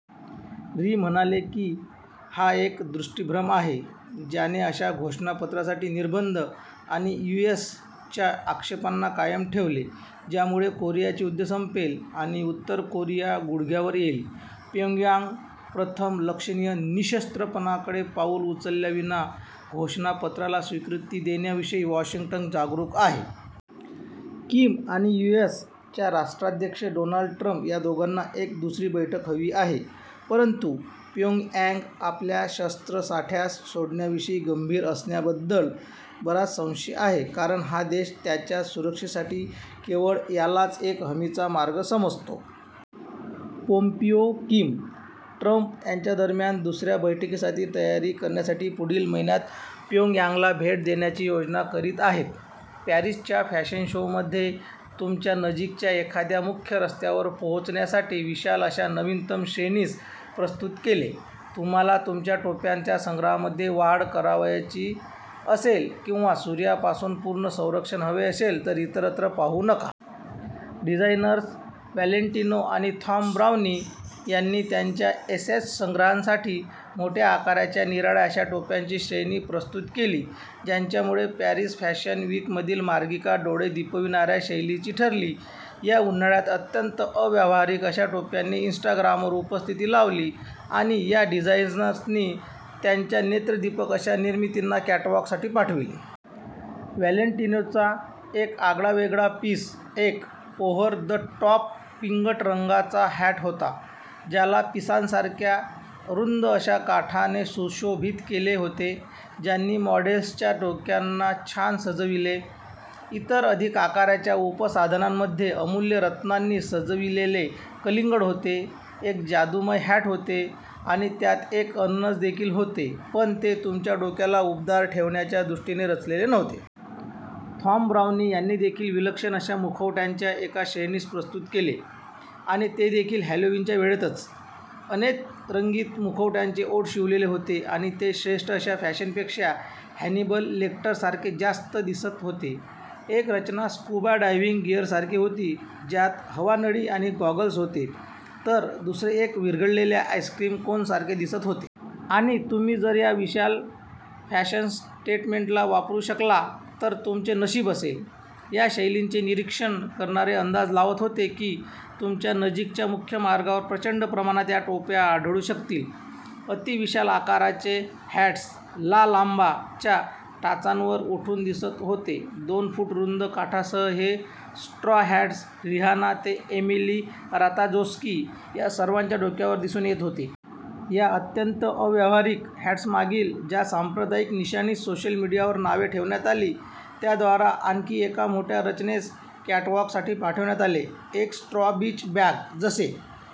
री म्हणाले की हा एक "दृष्टीभ्रम" आहे, ज्याने अशा घोषणापत्रासाठी निर्बंध आणि यू. एस. च्या आक्षेपांना कायम ठेवले, ज्यामुळे कोरियाचे युद्ध संपेल आणि उत्तर कोरिया गुडघ्यावर येईल. प्योंगयांग प्रथम लक्षणीय निःशस्त्रपणाकडे पाऊल उचलल्याविना घोषणापत्राला स्वीकृती देण्याविषयी वाशिंग्टन जागरूक आहे. किम आणि यू. एस. च्या राष्ट्राध्यक्ष डोनाल्ड ट्रम्प या दोघांना एक दुसरी बैठक हवी आहे. परंतु प्योंगयांग आपल्या शास्त्रसाठ्यास सोडण्याविषयी गंभीर असण्याबद्दल बराच संशय आहे, कारण हा देश त्याच्या सुरक्षेसाठी केवळ यालाच एक हमीचा मार्ग समजतो. पोम्पिओ किम-ट्रम्प यांच्यादरम्यान दुसऱ्या बैठकीसाठी तयारी करण्यासाठी पुढील महिन्यात प्योंगयांगला भेट देण्याची योजना करीत आहेत. पॅरिसच्या फॅशन शोमध्ये तुमच्या नजीकच्या एखाद्या मुख्य रस्त्यावर पोहोचण्यासाठी विशाल अशा नवीनतम श्रेणीस प्रस्तुत केले. तुम्हाला तुमच्या टोप्यांच्या संग्रहामध्ये वाढ करावयाची असेल किंवा सूर्यापासून पूर्ण संरक्षण हवे असेल तर इतरत्र पाहू नका. डिझाईनर्स व्हॅलेंटिनो आणि थॉम ब्राउनी यांनी त्यांच्या एसएस संग्रहांसाठी मोठ्या आकाराच्या निराळ्या अशा टोप्यांची श्रेणी प्रस्तुत केली, ज्यांच्यामुळे पॅरिस फॅशन विकमधील मार्गिका डोळे दिपविणाऱ्या शैलीची ठरली या उन्हाळ्यात अत्यंत अव्यावहारिक अशा टोप्यांनी इन्स्टाग्रामवर उपस्थिती लावली आणि या डिझाईनर्सनी त्यांच्या नेत्रदीपक अशा निर्मितींना कॅटवाकसाठी पाठविले. व्हॅलेंटिनोचा एक आगळावेगळा पीस एक ओव्हर-द-टॉप पिंगट रंगाचा हॅट होता, ज्याला पिसांसारख्या रुंद अशा काठाने सुशोभित केले होते, ज्यांनी मॉडेल्सच्या डोक्यांना छान सजविले. इतर अधिक आकाराच्या उपसाधनांमध्ये अमुल्य रत्नांनी सजविलेले कलिंगड होते, एक जादूमय हॅट होते आणि त्यात एक अननस देखील होते – पण ते तुमच्या डोक्याला उबदार ठेवण्याच्या दृष्टीने रचलेले नव्हते. थॉम ब्राउनी यांनी देखील विलक्षण अशा मुखवट्यांच्या एका श्रेणीस प्रस्तुत केले- आणि ते देखील हॅलोविनच्या वेळेतच. अनेक रंगीत मुखवट्यांचे ओठ शिवलेले होते आणि ते श्रेष्ठ अशा फॅशनपेक्षा हॅनिबल लेक्टरसारखे जास्त दिसत होते. एक रचना स्क्युबा डायव्हिंग गियरसारखी होती, ज्यात हवानळी आणि गॉगल्स होते, तर दुसरे एक विरघळलेल्या आईसक्रीम कोनसारखे दिसत होते. आणि तुम्ही जर या विशाल फॅशन स्टेटमेंटला वापरू शकला- तर तुमचे नशीब असेल. या शैलींचे निरीक्षण करणारे अंदाज लावत होते की तुमच्या नजीकच्या मुख्य मार्गावर प्रचंड प्रमाणात या टोप्या आढळू शकतील. अति-विशाल आकाराचे हॅट्स 'ला लांबा'च्या टाचांवर उठून दिसत होते, दोन-फूट रुंद काठासह हे स्ट्रॉ हॅट्स, रिहाना ते एमिली राताजोस्की या सर्वांच्या डोक्यावर दिसून येत होते. या अत्यंत अव्यावहारिक हॅट्समागील ज्या सांप्रदायिक निशाणीस सोशल मिडीयावर नावे ठेवण्यात आली, त्याद्वारा आणखी एका मोठ्या रचनेस कॅटवाकसाठी पाठविण्यात आले- एक स्ट्रॉ बीच बॅग, जसे